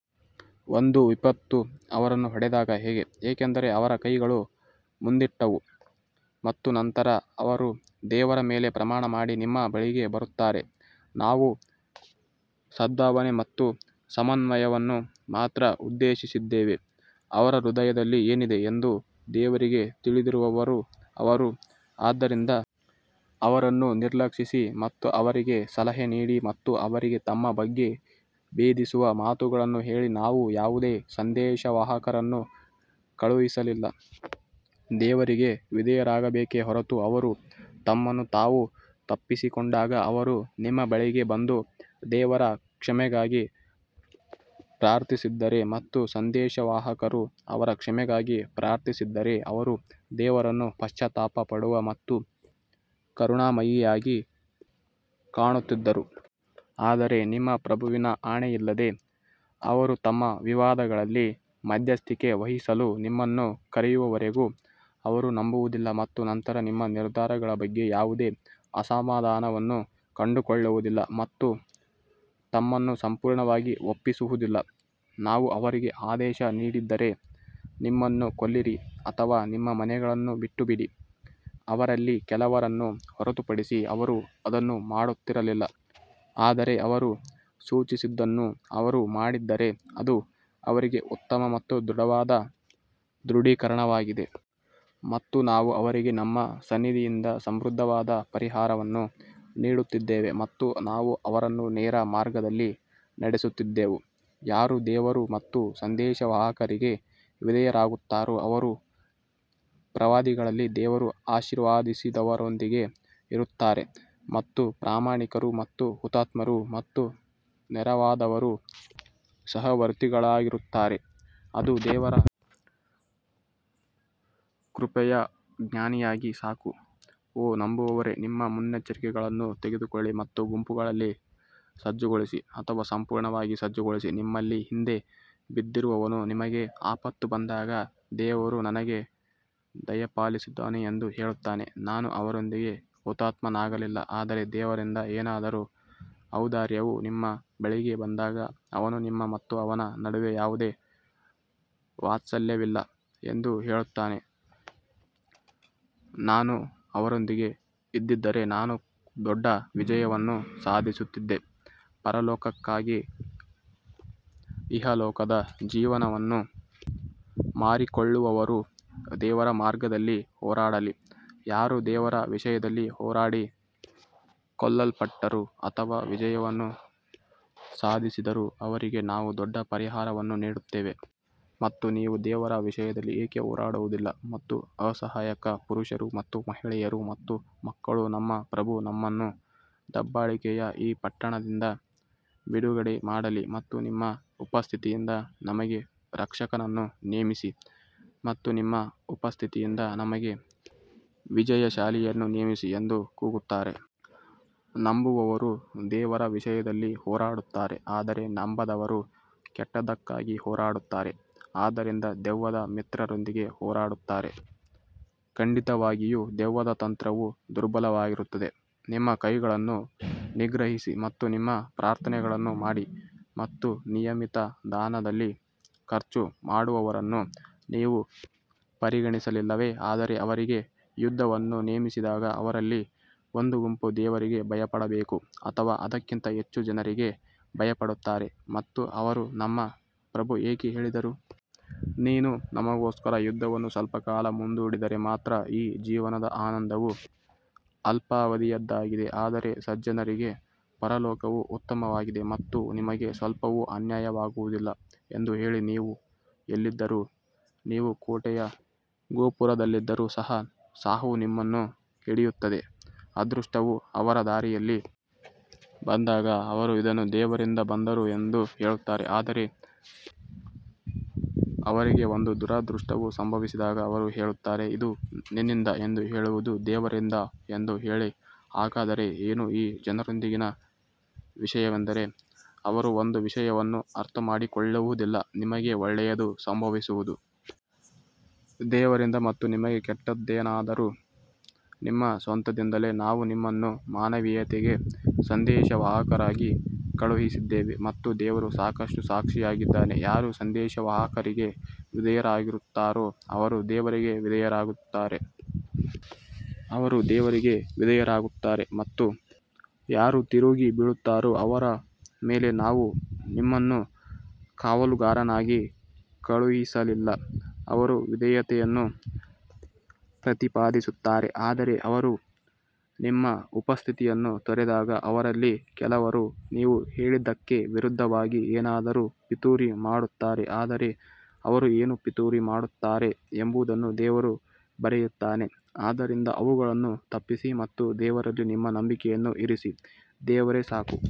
ಒಂದು ವಿಪತ್ತು ಅವರನ್ನು ಹೊಡೆದಾಗ ಹೇಗೆ, ಏಕೆಂದರೆ ಅವರ ಕೈಗಳು ಮುಂದಿಟ್ಟವು ಮತ್ತು ನಂತರ ಅವರು ದೇವರ ಮೇಲೆ ಪ್ರಮಾಣ ಮಾಡಿ ನಿಮ್ಮ ಬಳಿಗೆ ಬರುತ್ತಾರೆ ನಾವು ಸದ್ಭಾವನೆ ಮತ್ತು ಸಮನ್ವಯವನ್ನು ಮಾತ್ರ ಉದ್ದೇಶಿಸಿದ್ದೇವೆ ಅವರ ಹೃದಯದಲ್ಲಿ ಏನಿದೆ ಎಂದು ದೇವರಿಗೆ ತಿಳಿದಿರುವವರು ಅವರು ಆದ್ದರಿಂದ ಅವರನ್ನು ನಿರ್ಲಕ್ಷಿಸಿ ಮತ್ತು ಅವರಿಗೆ ಸಲಹೆ ನೀಡಿ ಮತ್ತು ಅವರಿಗೆ ತಮ್ಮ ಬಗ್ಗೆ ಭೇದಿಸುವ ಮಾತುಗಳನ್ನು ಹೇಳಿ ನಾವು ಯಾವುದೇ ಸಂದೇಶವಾಹಕರನ್ನು ಕಳುಹಿಸಲಿಲ್ಲ, ದೇವರಿಗೆ ವಿಧೇಯರಾಗಬೇಕೆ ಹೊರತು ಅವರು ತಮ್ಮನ್ನು ತಾವು ತಪ್ಪಿಸಿಕೊಂಡಾಗ ಅವರು ನಿಮ್ಮ ಬಳಿಗೆ ಬಂದು ದೇವರ ಕ್ಷಮೆಗಾಗಿ ಪ್ರಾರ್ಥಿಸಿದ್ದರೆ ಮತ್ತು ಸಂದೇಶವಾಹಕರು ಅವರ ಕ್ಷಮೆಗಾಗಿ ಪ್ರಾರ್ಥಿಸಿದ್ದರೆ ಅವರು ದೇವರನ್ನು ಪಶ್ಚಾತ್ತಾಪ ಪಡುವ ಮತ್ತು ಕರುಣಾಮಯಿಯಾಗಿ ಕಾಣುತ್ತಿದ್ದರು. ಆದರೆ ನಿಮ್ಮ ಪ್ರಭುವಿನ ಆಣೆಯಿಲ್ಲದೆ ಅವರು ತಮ್ಮ ವಿವಾದಗಳಲ್ಲಿ ಮಧ್ಯಸ್ಥಿಕೆ ವಹಿಸಲು ನಿಮ್ಮನ್ನು ಕರೆಯುವವರೆಗೂ ಅವರು ನಂಬುವುದಿಲ್ಲ ಮತ್ತು ನಂತರ ನಿಮ್ಮ ನಿರ್ಧಾರಗಳ ಬಗ್ಗೆ ಯಾವುದೇ ಅಸಮಾಧಾನವನ್ನು ಕಂಡುಕೊಳ್ಳುವುದಿಲ್ಲ ಮತ್ತು ತಮ್ಮನ್ನು ಸಂಪೂರ್ಣವಾಗಿ ಒಪ್ಪಿಸುವುದಿಲ್ಲ. ನಾವು ಅವರಿಗೆ ಆದೇಶ ನೀಡಿದ್ದರೆ, ನಿಮ್ಮನ್ನು ಕೊಲ್ಲಿರಿ ಅಥವಾ ನಿಮ್ಮ ಮನೆಗಳನ್ನು ಬಿಟ್ಟುಬಿಡಿ, ಅವರಲ್ಲಿ ಕೆಲವರನ್ನು ಹೊರತುಪಡಿಸಿ ಅವರು ಅದನ್ನು ಮಾಡುತ್ತಿರಲಿಲ್ಲ ಆದರೆ ಅವರು ಸೂಚಿಸಿದ್ದನ್ನು ಅವರು ಮಾಡಿದ್ದರೆ ಅದು ಅವರಿಗೆ ಉತ್ತಮ ಮತ್ತು ದೃಢವಾದ ದೃಢೀಕರಣವಾಗಿದೆ. ಮತ್ತು ನಾವು ಅವರಿಗೆ ನಮ್ಮ ಸನ್ನಿಧಿಯಿಂದ ಸಮೃದ್ಧವಾದ ಪರಿಹಾರವನ್ನು ನೀಡುತ್ತಿದ್ದೆವು ಮತ್ತು ನಾವು ಅವರನ್ನು ನೇರ ಮಾರ್ಗದಲ್ಲಿ ನಡೆಸುತ್ತಿದ್ದೆವು ಯಾರು ದೇವರು ಮತ್ತು ಸಂದೇಶವಾಹಕರಿಗೆ ವಿಧೇಯರಾಗುತ್ತಾರೋ ಅವರು ಪ್ರವಾದಿಗಳಲ್ಲಿ ದೇವರು ಆಶೀರ್ವದಿಸಿದವರೊಂದಿಗೆ ಇರುತ್ತಾರೆ ಮತ್ತು ಪ್ರಾಮಾಣಿಕರು ಮತ್ತು ಹುತಾತ್ಮರು ಮತ್ತು ನೇರವಾದವರು ಸಹವರ್ತಿಗಳಾಗಿರುತ್ತಾರೆ. ಅದು ದೇವರ ಕೃಪೆಯು ಜ್ಞಾನಿಯಾಗಿ ಸಾಕು ಓ ನಂಬುವವರೇ ನಿಮ್ಮ ಮುನ್ನೆಚ್ಚರಿಕೆಗಳನ್ನು ತೆಗೆದುಕೊಳ್ಳಿ ಮತ್ತು ಗುಂಪುಗಳಲ್ಲಿ ಸಜ್ಜುಗೊಳಿಸಿ ಅಥವಾ ಸಂಪೂರ್ಣವಾಗಿ ಸಜ್ಜುಗೊಳಿಸಿ ನಿಮ್ಮಲ್ಲಿ ಹಿಂದೆ ಬಿದ್ದಿರುವವನು ನಿಮಗೆ ಆಪತ್ತು ಬಂದಾಗ ದೇವರು ನನಗೆ ದಯಪಾಲಿಸಿದ್ದಾನೆ ಎಂದು ಹೇಳುತ್ತಾನೆ ನಾನು ಅವರೊಂದಿಗೆ ಹುತಾತ್ಮನಾಗಲಿಲ್ಲ ಆದರೆ ದೇವರಿಂದ ಏನಾದರೂ ಔದಾರ್ಯವು ನಿಮ್ಮ ಬಳಿಗೆ ಬಂದಾಗ ಅವನು ನಿಮ್ಮ ಮತ್ತು ಅವನ ನಡುವೆ ಯಾವುದೇ ವಾತ್ಸಲ್ಯವಿಲ್ಲ ಎಂದು ಹೇಳುತ್ತಾನೆ, ನಾನು ಅವರೊಂದಿಗೆ ಇದ್ದಿದ್ದರೆ ನಾನು ದೊಡ್ಡ ವಿಜಯವನ್ನು ಸಾಧಿಸುತ್ತಿದ್ದೆ ಪರಲೋಕಕ್ಕಾಗಿ ಇಹಲೋಕದ ಜೀವನವನ್ನು ಮಾರಿಕೊಳ್ಳುವವರು ದೇವರ ಮಾರ್ಗದಲ್ಲಿ ಹೋರಾಡಲಿ, ಯಾರು ದೇವರ ವಿಷಯದಲ್ಲಿ ಹೋರಾಡಿ ಕೊಲ್ಲಲ್ಪಟ್ಟರೂ ಅಥವಾ ವಿಜಯವನ್ನು ಸಾಧಿಸಿದರೂ ಅವರಿಗೆ ನಾವು ದೊಡ್ಡ ಪರಿಹಾರವನ್ನು ನೀಡುತ್ತೇವೆ. ಮತ್ತು ನೀವು ದೇವರ ವಿಷಯದಲ್ಲಿ ಏಕೆ ಹೋರಾಡುವುದಿಲ್ಲ ಮತ್ತು ಅಸಹಾಯಕ ಪುರುಷರು ಮತ್ತು ಮಹಿಳೆಯರು ಮತ್ತು ಮಕ್ಕಳು ನಮ್ಮ ಪ್ರಭು ನಮ್ಮನ್ನು ದಬ್ಬಾಳಿಕೆಯ ಈ ಪಟ್ಟಣದಿಂದ ಬಿಡುಗಡೆ ಮಾಡಲಿ ಮತ್ತು ನಿಮ್ಮ ಉಪಸ್ಥಿತಿಯಿಂದ ನಮಗೆ ರಕ್ಷಕನನ್ನು ನೇಮಿಸಿ ಮತ್ತು ನಿಮ್ಮ ಉಪಸ್ಥಿತಿಯಿಂದ ನಮಗೆ ವಿಜಯಶಾಲಿಯನ್ನು ನೇಮಿಸಿ ಎಂದು ಕೂಗುತ್ತಾರೆ. ನಂಬುವವರು ದೇವರ ವಿಷಯದಲ್ಲಿ ಹೋರಾಡುತ್ತಾರೆ ಆದರೆ ನಂಬದವರು ಕೆಟ್ಟದ್ದಕ್ಕಾಗಿ ಹೋರಾಡುತ್ತಾರೆ ಆದ್ದರಿಂದ ದೆವ್ವದ ಮಿತ್ರರೊಂದಿಗೆ ಹೋರಾಡುತ್ತಾರೆ, ಖಂಡಿತವಾಗಿಯೂ ದೆವ್ವದ ತಂತ್ರವು ದುರ್ಬಲವಾಗಿರುತ್ತದೆ ನಿಮ್ಮ ಕೈಗಳನ್ನು ನಿಗ್ರಹಿಸಿ ಮತ್ತು ನಿಮ್ಮ ಪ್ರಾರ್ಥನೆಗಳನ್ನು ಮಾಡಿ ಮತ್ತು ನಿಯಮಿತ ದಾನದಲ್ಲಿ ಖರ್ಚು ಮಾಡುವವರನ್ನು ನೀವು ಪರಿಗಣಿಸಲಿಲ್ಲವೇ ಆದರೆ ಅವರಿಗೆ ಯುದ್ಧವನ್ನು ನೇಮಿಸಿದಾಗ ಅವರಲ್ಲಿ ಒಂದು ಗುಂಪು ದೇವರಿಗೆ ಭಯಪಡಬೇಕು ಅಥವಾ ಅದಕ್ಕಿಂತ ಹೆಚ್ಚು ಜನರಿಗೆ ಭಯಪಡುತ್ತಾರೆ ಮತ್ತು ಅವರು ನಮ್ಮ ಪ್ರಭು ಏಕೆ ಹೇಳಿದರು? ನೀನು ನಮಗೋಸ್ಕರ ಯುದ್ಧವನ್ನು ಸ್ವಲ್ಪ ಕಾಲ ಮುಂದೂಡಿದರೆ ಮಾತ್ರ ಈ ಜೀವನದ ಆನಂದವು ಅಲ್ಪಾವಧಿಯದ್ದಾಗಿದೆ ಆದರೆ ಸಜ್ಜನರಿಗೆ ಪರಲೋಕವು ಉತ್ತಮವಾಗಿದೆ ಮತ್ತು ನಿಮಗೆ ಸ್ವಲ್ಪವೂ ಅನ್ಯಾಯವಾಗುವುದಿಲ್ಲ ಎಂದು ಹೇಳಿ ನೀವು ಎಲ್ಲಿದ್ದರೂ, ನೀವು ಕೋಟೆಯ ಗೋಪುರದಲ್ಲಿದ್ದರೂ ಸಹ ಸಾವು ನಿಮ್ಮನ್ನು ಹಿಡಿಯುತ್ತದೆ, ಅದೃಷ್ಟವು ಅವರ ದಾರಿಯಲ್ಲಿ ಬಂದಾಗ ಅವರು ಇದನ್ನು ದೇವರಿಂದ ಬಂದರು ಎಂದು ಹೇಳುತ್ತಾರೆ ಆದರೆ ಅವರಿಗೆ ಒಂದು ದುರದೃಷ್ಟವು ಸಂಭವಿಸಿದಾಗ ಅವರು ಹೇಳುತ್ತಾರೆ ಇದು ನಿನ್ನಿಂದ ಎಂದು ಹೇಳುವುದು ದೇವರಿಂದ ಎಂದು ಹೇಳಿ ಹಾಗಾದರೆ ಏನು ಈ ಜನರೊಂದಿಗಿನ ವಿಷಯವೆಂದರೆ ಅವರು ಒಂದು ವಿಷಯವನ್ನು ಅರ್ಥಮಾಡಿಕೊಳ್ಳುವುದಿಲ್ಲ ನಿಮಗೆ ಒಳ್ಳೆಯದು ಸಂಭವಿಸುವುದು ದೇವರಿಂದ ಮತ್ತು ನಿಮಗೆ ಕೆಟ್ಟದ್ದೇನಾದರೂ ನಿಮ್ಮ ಸ್ವಂತದಿಂದಲೇ ನಾವು ನಿಮ್ಮನ್ನು ಮಾನವೀಯತೆಗೆ ಸಂದೇಶವಾಹಕರಾಗಿ ಕಳುಹಿಸಿದ್ದೇವೆ ಮತ್ತು ದೇವರು ಸಾಕಷ್ಟು ಸಾಕ್ಷಿಯಾಗಿದ್ದಾನೆ ಯಾರು ಸಂದೇಶವಾಹಕರಿಗೆ ವಿಧೇಯರಾಗುತ್ತಾರೋ ಅವರು ದೇವರಿಗೆ ವಿಧೇಯರಾಗುತ್ತಾರೆ ಮತ್ತು ಯಾರು ತಿರುಗಿ ಬೀಳುತ್ತಾರೋ ಅವರ ಮೇಲೆ ನಾವು ನಿಮ್ಮನ್ನು ಕಾವಲುಗಾರನಾಗಿ ಕಳುಹಿಸಲಿಲ್ಲ ಅವರು ವಿಧೇಯತೆಯನ್ನು ಪ್ರತಿಪಾದಿಸುತ್ತಾರೆ ಆದರೆ ಅವರು ನಿಮ್ಮ ಉಪಸ್ಥಿತಿಯನ್ನು ತೊರೆದಾಗ ಅವರಲ್ಲಿ ಕೆಲವರು ನೀವು ಹೇಳಿದ್ದಕ್ಕೆ ವಿರುದ್ಧವಾಗಿ ಏನಾದರೂ ಪಿತೂರಿ ಮಾಡುತ್ತಾರೆ ಆದರೆ ಅವರು ಏನು ಪಿತೂರಿ ಮಾಡುತ್ತಾರೆ ಎಂಬುದನ್ನು ದೇವರು ಬರೆಯುತ್ತಾನೆ ಆದ್ದರಿಂದ ಅವುಗಳನ್ನು ತಪ್ಪಿಸಿ ಮತ್ತು ದೇವರಲ್ಲಿ ನಿಮ್ಮ ನಂಬಿಕೆಯನ್ನು ಇರಿಸಿ ದೇವರೇ ಸಾಕು.